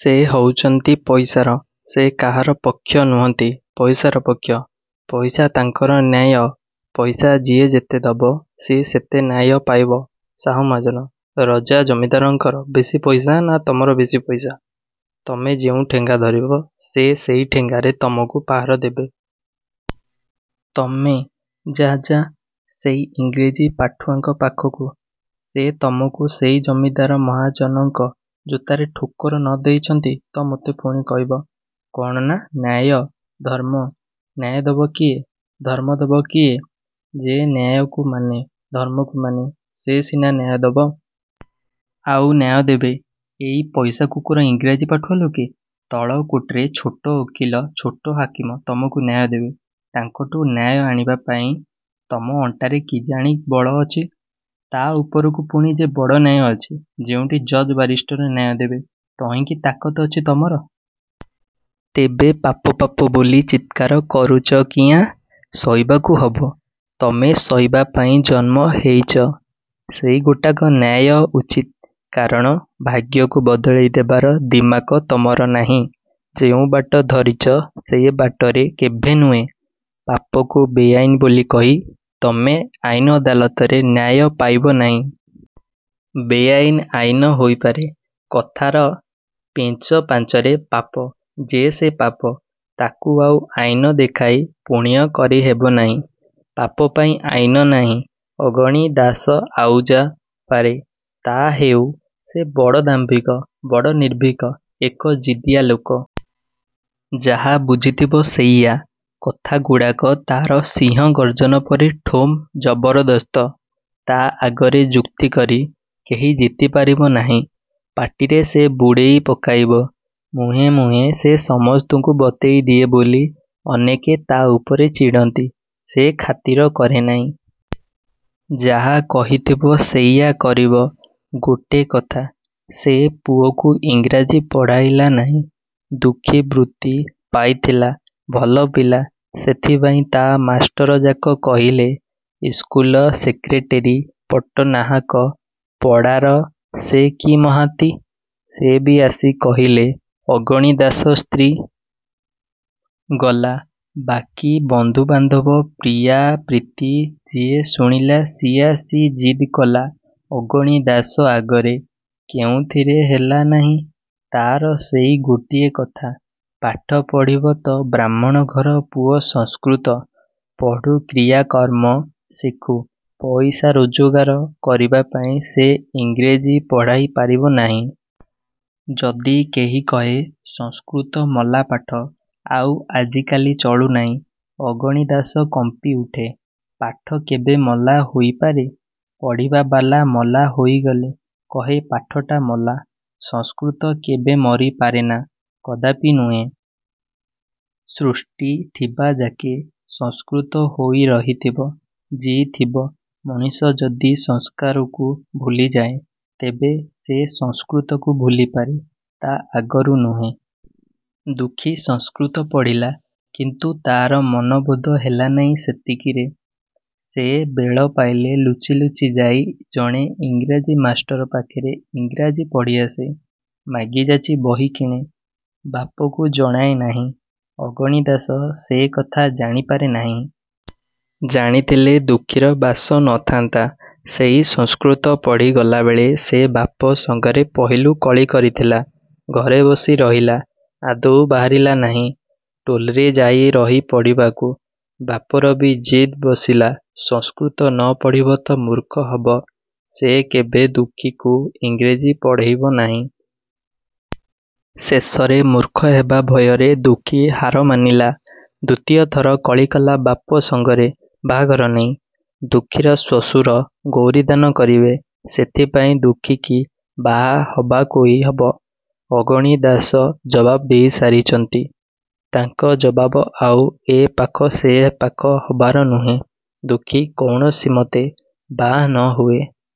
ସେ ହଉଚନ୍ତି ପଇସାର। ସେ କାହାର ପକ୍ଷ ନୁହନ୍ତି–ପଇସାର ପକ୍ଷ। ପଇସା ତାଙ୍କର ନ୍ୟାୟ। ପଇସା ଯିଏ ଯେତେଦବ ସିଏ ସେତେ ନ୍ୟାୟ ପାଇବ। ସାହୁ ମହାଜନ, ରଜା ଜମିଦାରଙ୍କର ବେଶି ପଇସା–ନା ତମର ବେଶି ପଇସା? ତମେ ଯେଉଁ ଠେଙ୍ଗା ଧରିବ ସେ ସେଇ ଠେଙ୍ଗାରେ ତମକୁ ପାହାର ଦେବେ। ତମେ। ଯା–ଯା ସେଇ ଇଂରେଜୀ ପାଠୁଆଙ୍କ ପାଖକୁ। ସେ ତମକୁ ସେଇ ଜମିଦାର ମହାଜନଙ୍କ ଜୋତାରେ ଠୋକର ନ ଦେଇଚନ୍ତି ତ ମୋତେ ପୁଣି କହିବ। କ'ଣ ନା–ନ୍ୟାୟ, ଧର୍ମ। ନ୍ୟାୟ ଦବ କିଏ? ଧର୍ମ ଦବ କିଏ? ଯେ ନ୍ୟାୟକୁ ମାନେ, ଧର୍ମକୁ ମାନେ, ସେ ସିନା ନ୍ୟାୟ ଦବ। ଆଉ ନ୍ୟାୟ ଦେବେ ଏଇ ପଇସା କୁକୁର ଇଂରାଜୀ ପାଠୁଆ ଲୋକେ? ତଳ କୋଟ୍ରେ ଛୋଟ ଓକିଲ ଛୋଟ ହାକିମ ତମକୁ ନ୍ୟାୟ ଦେବେ। ତାଙ୍କଠୁ ନ୍ୟାୟ ଆଣିବାପାଇଁ ତମ ଅଣ୍ଟାରେ କିଜାଣି ବଳ ଅଛି। ତା' ଉପରକୁ ପୁଣି ଯେ ବଡ଼ ନ୍ୟାୟ ଅଛି ଯେଉଁଠି ଜଜ୍ ବାରିଷ୍ଟର ନ୍ୟାୟ ଦେବେ–ତହିଁକି ତାକତ ଅଛି ତମର? ତେବେ ପାପ ପାପ ବୋଲି ଚିତ୍କାର କରୁଚ କିଆଁ? ସହିବାକୁ ହବ। ତମେ ସହିବାପାଇଁ ଜନ୍ମ ହେଇଚ। ସେଇ ଗୋଟାକ ନ୍ୟାୟ–ଉଚିତ। କାରଣ ଭାଗ୍ୟକୁ ବଦଳେଇ ଦେବାର ଦିମାକ ତମର ନାହିଁ। ଯେଉଁ ବାଟ ଧରିଚ ସେ ବାଟରେ କେଭେ ନୁହେଁ। ପାପକୁ ବେଆଇନ୍ ବୋଲି କହି ତମେ ଆଇନ ଅଦାଲତରେ ନ୍ୟାୟ ପାଇବ ନାହିଁ। ବେଆଇନ୍ ଆଇନ ହୋଇପାରେ କଥାର ପେଞ୍ଚ ପାଞ୍ଚରେ–ପାପ ଯେ ସେ ପାପ। ତାକୁ ଆଉ ଆଇନ ଦେଖାଇ ପୁଣ୍ୟ କରି ହେବ ନାହିଁ। ପାପପାଇଁ ଆଇନ ନାହିଁ। '' ଅଗଣି ଦାଶ ଆଉ ଯା' ପାରେ ତା' ହେଉ–ସେ ବଡ଼ ଦାମ୍ଭିକ–ବଡ଼ ନିର୍ଭୀକ। ଏକଜିଦିଆ ଲୋକ। ଯାହା ବୁଝିଥିବ ସେଇୟା। କଥାଗୁଡ଼ାକ ତା'ର ସିଂହ ଗର୍ଜନ ପରି ଠୋମ୍–ଜବରଦସ୍ତ। ତା' ଆଗରେ ଯୁକ୍ତି କରି କେହି ଜିତି ପାରିବ ନାହିଁ। ପାଟିରେ ସେ ବୁଡ଼େଇ ପକାଇବ-। ମୁହେଁ ମୁହେଁ ସେ ସମସ୍ତଙ୍କୁ ବତେଇ ଦିଏ ବୋଲି ଅନେକେ ତା' ଉପରେ ଚିଡ଼ନ୍ତି। ସେ ଖାତିର କରେ ନାହିଁ। ଯାହା କହିଥିବ ସେଇୟା କରିବ। ଗୋଟେ କଥା। ସେ ପୁଅକୁ ଇଂରାଜୀ ପଢ଼ାଇଲା ନାହିଁ। ଦୁଃଖୀ ବୃତ୍ତି ପାଇଥିଲା–ଭଲ ପିଲା–ସେଥିପାଇଁ ତା' ମାଷ୍ଟରଯାକ କହିଲେ, ଇସ୍କୁଲ ସେକ୍ରେଟେରୀ ପଟ୍ଟନାହାକ ପଡ଼ାର ସେ କି ମହାନ୍ତି, ସେ ବି ଆସି କହିଲେ, ଅଗଣି ଦାଶ ସ୍ତ୍ରୀ, ଗଲା ବାକି ବନ୍ଧୁବାନ୍ଧବ ପ୍ରିୟାପ୍ରୀତି ଯିଏ ଶୁଣିଲା ସିଏ ଆସି ଜିଦ୍ କଲା ଅଗଣି ଦାଶ ଆଗରେ–କେଉଁଥିରେ ହେଲା ନାହିଁ, ତା'ର ସେଇ ଗୋଟିଏ କଥା ପାଠ ପଢ଼ିବ ତ ବାହ୍ମଣ ଘର ପୁଅ ସଂସ୍କୃତ ପଢ଼ୁ–କ୍ରିୟାକର୍ମ ଶିଖୁ–ପଇସା ରୋଜଗାର କରିବାପାଇଁ ସେ ଇଂରେଜୀ ପଢ଼ାଇ ପାରିବ ନାହିଁ। ଯଦି କେହି କହେସଂସ୍କୃତ ମଲା ପାଠ ଆଉ ଆଜିକାଲି ଚଳୁ ନାହିଁ' ଅଗଣି ଦାଶ କମ୍ପି ଉଠେ ପାଠ କେବେ ମଲା ହୋଇପାରେ ପଢ଼ିବାବାଲା ମଲା ହୋଇଗଲେ କହେ ପାଠଟା ମଲା। ସଂସ୍କୃତ କେବେ ମରି ପାରେନା କଦାପି ନୁହେଁ। ସୃଷ୍ଟିଥିବା ଯାକେ ସଂସ୍କୃତ ହୋଇ ରହିଥିବଜିଇଥିବ। ମଣିଷ ଯଦି ସଂସ୍କାରକୁ ଭୁଲି ଯାଏଁ, ତେବେ ସେ ସଂସ୍କୃତକୁ ଭୁଲିପାରେ ତା ଆଗରୁ ନୁହେଁ। ଦୁଃଖୀ ସଂସ୍କୃତ ପଢ଼ିଲା। କିନ୍ତୁ ତା'ର ମନବୋଧ ହେଲା ନାହିଁ ସେତିକିରେ। ସେ ବେଳପାଇଲେ ଲୁଚି ଲୁଚି ଯାଇ ଜଣେ ଇଂରାଜୀ ମାଷ୍ଟର ପାଖରେ ଇଂରାଜୀ ପଢ଼ି ଆସେ। ମାଗି ଯାଚି ବହି କିଣେ। ବାପକୁ ଜଣାଏ ନାହିଁ। ଅଗଣି ଦାଶ ସେ କଥା ଜାଣିପାରେ ନାହିଁ। ଜାଣିଥିଲେ ଦୁଃଖୀର ବାସ ନ ଥାନ୍ତା। ସେଇ ସଂସ୍କୃତ ପଢ଼ି ଗଲାବେଳେ ସେ ବାପ ସଙ୍ଗରେ ପହିଲୁ କଳି କରିଥିଲା। ଘରେ ବସି ରହିଲା। ଆଦୌ ବାହାରିଲା ନାହିଁ–ଟୋଲ୍ରେ ଯାଇ ରହି ପଢ଼ିବାକୁ। ବାପରବି ଜିଦ୍ ବସିଲା–ସଂସ୍କୃତ ନ ପଢ଼ିବ ତ ମୂର୍ଖ ହବ–ସେ କେଭେ ଦୁଃଖୀକୁ ଇଂରେଜୀ ପଢ଼େଇବ ନାହିଁ। ଶେଷରେ ମୂର୍ଖ ହେବା ଭୟରେ ଦୁଃଖୀ ହାର ମାନିଲା। ଦୁ ତୀୟ ଥର କଳିକଲା ବାପ ସଙ୍ଗରେ ବାହାଘର ନେଇ। ଦୁଃଖୀର ଶ୍ୱଶୁର ଗୌରୀ ଦାନ କରିବେ। ସେଥିପାଇଁ ଦୁଃଖୀକି ବାହା ହବାକୁଇ ହବ। ଅଗଣି ଦାଶ ଜବାବ ଦେଇ ସାରିଚନ୍ତି-। ତାଙ୍କ ଜବାବ ଆଉ ଏ ପାଖ ସେ ପାଖ ହବାର ନୁହେଁ। ଦୁଃଖୀ କୌଣସିମତେ ବାହା ନ ହୁଏ-।